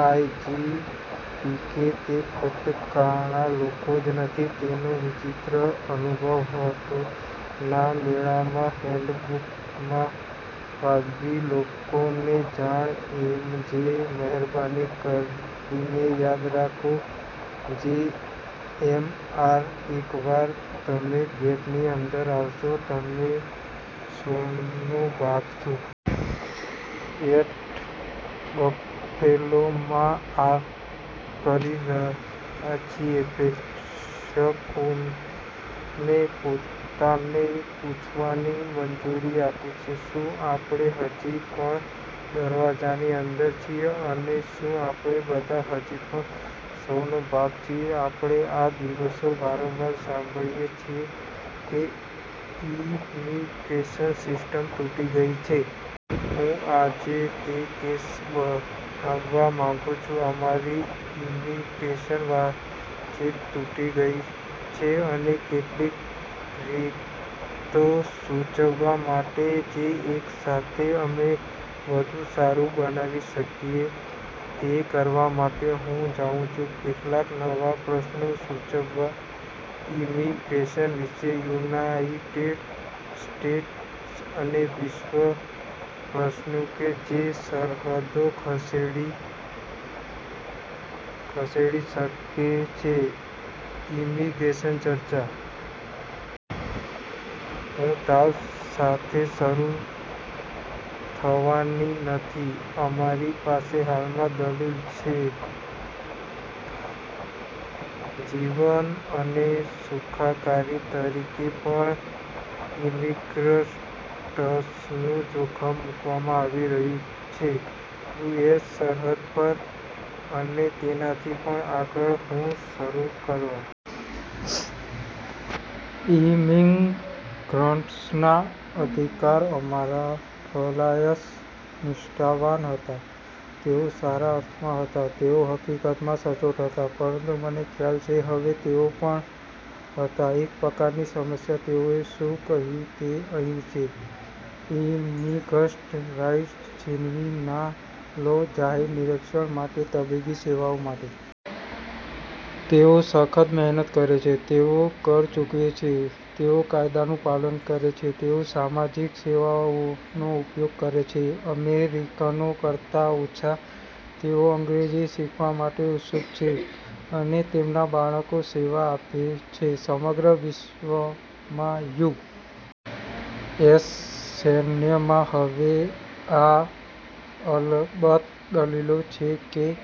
આયજીટીકે: તે ફક્ત કાળા લોકો જ નથી જેનો વિચિત્ર અનુભવ હતો ના મેળામાં. હેન્ડબુક માં વાજબી લોકોને જાણ એમજે: મહેરબાની કરીને યાદ રાખો. જેએમઆર: એકવાર તમે ગેટની અંદર આવશો, તમે શોનો ભાગ છો. એટ બફેલો માં આર્ક કરી રહ્યા છીએ પ્રેક્ષકોને પોતાને પૂછવાની મંજૂરી આપે છે, શું આપણે હજી પણ દરવાજાની અંદર છીએ અને શું આપણે બધા હજી પણ આ શોનો ભાગ છીએ? આપણે આ દિવસો વારંવાર સાંભળીએ છીએ કે ઇમિગ્રેશન સિસ્ટમ તૂટી ગઈ છે. હું આજે તે કેસ બનાવવા માંગું છું. અમારી ઇમિગ્રેશન વાતચીત તૂટી ગઈ છે અને કેટલીક રીતો સૂચવવા માટે, જે એક સાથે, અમે વધુ સારું બનાવી શકીએ. તે કરવા માટે, હું જાઉં છું કેટલાક નવા પ્રશ્નો સૂચવવા ઇમિગ્રેશન વિશે, યુનાઇટેડ સ્ટેટ્સ અને વિશ્વ, પ્રશ્નો કે જે સરહદો ખસેડી શકે છે ઇમિગ્રેશન ચર્ચા. હું તાવ સાથે શરૂ થવાની નથી અમારી પાસે હાલમાં દલીલ છે, જીવન અને સુખાકારી તરીકે પણ ઇમિગ્રન્ટ્સનું જોખમ મુકવામાં આવી રહ્યું છે. યુ. એસ. સરહદ પર અને તેનાથી પણ આગળ. હું શરૂ કરવા ઇમિગ્રન્ટ્સના અધિકાર. અમારા ફ્લાયર્સ નિષ્ઠાવાન હતા, તેઓ સારા અર્થમાં હતા, તેઓ હકીકતમાં સચોટ હતા, પરંતુ મને ખ્યાલ છે હવે, તેઓ પણ હતા એક પ્રકારની સમસ્યા. તેઓએ શું કહ્યું તે અહીં છે: "ઇમિગ્રન્ટ રાઇટ્સ છીનવી ના લો જાહેર શિક્ષણ માટે, તબીબી સેવાઓ માટે, સામાજિક સુરક્ષા ચોખ્ખી. તેઓ સખત મહેનત કરે છે. તેઓ કર ચૂકવે છે. તેઓ કાયદાનું પાલન કરે છે. તેઓ સામાજિક સેવાઓનો ઉપયોગ કરે છે અમેરિકનો કરતા ઓછા. તેઓ અંગ્રેજી શીખવા માટે ઉત્સુક છે, અને તેમના બાળકો સેવા આપે છે સમગ્ર વિશ્વમાં યુ. એસ. સૈન્યમાં. હવે, આ, અલબત્ત, દલીલો છે કે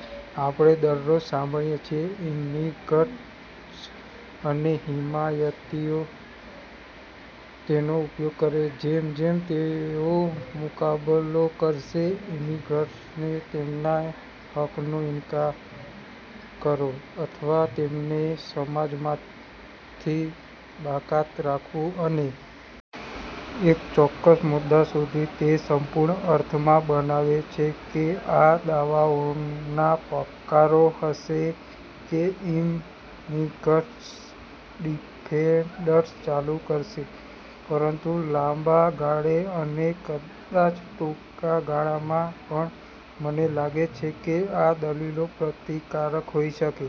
આપણે દરરોજ સાંભળીએ છીએ. ઇમિગ્રન્ટ્સ અને હિમાયતીઓ તેનો ઉપયોગ કરે છે જેમ- જેમ તેઓ મુકાબલો કરશે ઇમિગ્રન્ટ્સને તેમના હકનો ઇનકાર કરો અથવા તેમને સમાજમાંથી બાકાત રાખવું. અને એક ચોક્કસ મુદ્દા સુધી, તે સંપૂર્ણ અર્થમાં બનાવે છે કે આ દાવાઓનાં પ્રકારો હશે કે ઇમિગ્રન્ટ્સ ડિફેન્ડર્સ ચાલુ કરશે, પરંતુ લાંબા ગાળે અને કદાચ ટૂંકા ગાળામાં પણ, મને લાગે છે કે આ દલીલો પ્રતિકારક હોઈ શકે.